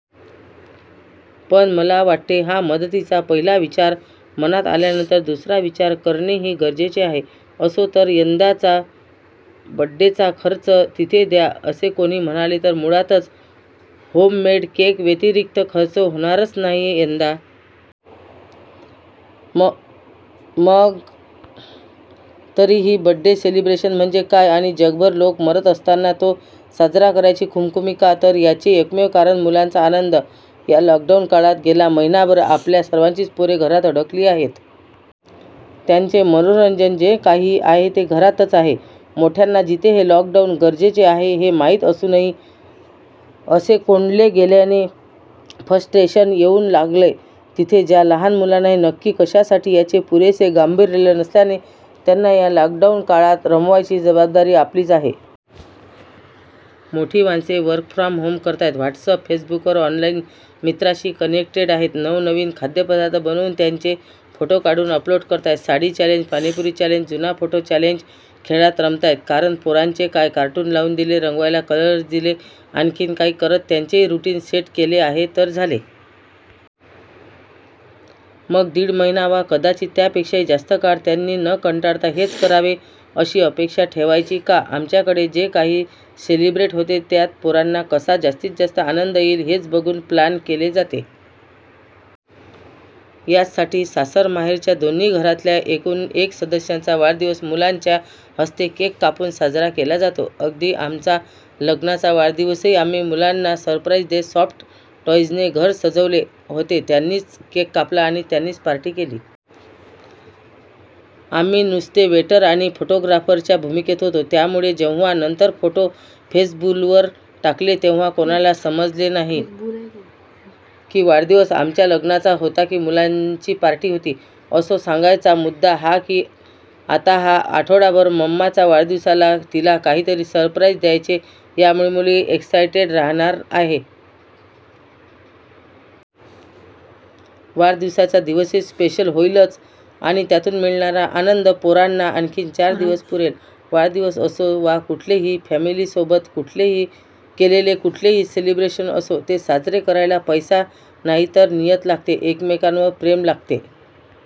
पण मला वाटते हा मदतीचा पहिला विचार मनात आल्यानंतर दुसरा विचार करणेही गरजेचे आहे. असो, तर यंदाचा बड्डेचा खर्च तिथे द्या असे कोणी म्हणाले तर मुळातच होममेड केक व्यतीरीक्त खर्च होणारच नाहीये यंदा. मग तरीही बड्डे सेलिब्रेशन म्हणजे काय? आणि जगभर लोकं मरत असताना तो साजरा करायची खुमखुमी का?? तर याचे एकमेव कारण मुलांचा आनंद. या लॉकडाऊन काळात गेला महिनाभर आपल्या सर्वांचीच पोरे घरात अडकली आहेत. त्यांचे मनोरंजन जे काही आहे ते घरातच आहे. मोठ्यांना जिथे हे लॉकडाऊन गरजेचे आहे हे माहीत असूनही असे कोंडले गेल्याने फ्रस्टेशन येऊ लागलेय तिथे ज्या लहान मुलांना हे नक्की कश्यासाठी याचे पुरेसे गांभीर्य नसल्याने त्यांना या लॉकडाऊन काळात रमवायची जबाबदारी आपलीच आहे. मोठी माणसे वर्क फ्रॉम करताहेत. व्हॉट्सप फेसबूकवर ऑनलाईन मित्रांशी कनेक्टेड आहेत. नवनवीन खाद्यपदार्थ बनवून त्यांचे फोटो काढून अपलोड करताहेत, साडी चॅलेंज, पाणीपुरी चॅलेंज, जुना फोटो चॅलेंज खेळात रमताहेतपण लहान पोरांचे काय?? कार्टून लाऊन दिले, रंगवायला कलर्स दिले आणखी काही करत त्यांचेही रुटीन सेट केले तर झाले? मग दिड महिना वा कदाचित त्यापेक्षाही जास्त काळ त्यांनी न कंटाळता हेच करावे अशी अपेक्षा ठेवायची का? आमच्याकडे जे काही सेलिब्रेट होते त्यात पोरांना कसा जास्तीत जास्त आनंद येईल हेच बघून प्लान केले जाते. याचसाठी सासरमाहेरच्या दोन्ही घरातल्या एकूण एक सदस्यांचा वाढदिवस मुलांच्या हस्ते केक कापून साजरा केला जातो. अगदी आमचा लग्नाचा वाढदिवसही आम्ही मुलांना सरप्राईज देत सॉफ्ट टॉईजने घर सजवले होते. त्यांनीच केक कापला त्यांनीच पार्टी केली. आम्ही नुसते वेटर आणि फोटोग्राफरच्या भुमिकेत होतो. त्यामुळे जेव्हा नंतर फोटो फेसबूलवर टाकले तेव्हा कोणाला समजले नाही की वाढदिवस आमच्य लग्नाचा होता की मुलांची पार्टी होती. असो, सांगायचा मुद्दा हा की आता हा आठवडाभर मम्माच्या वाढदिवसाला तिला काहीतरी सरप्राईज द्यायचे यामुळे मुलगी एक्सायटेड राहणार आहे. वाढदिवसाचा दिवसही स्पेशल होईलच. आणि त्यातून मिळणारा आनंद पोरांना आणखी चार दिवस पुरेल. वाढदिवस असो वा कुठलेही फॅमिलीसोबत केलेले कुठलेही सेलिब्रेशन असो, ते साजरे करायला पैसा नाही तर नियत लागते, एकमेकांवर प्रेम लागते.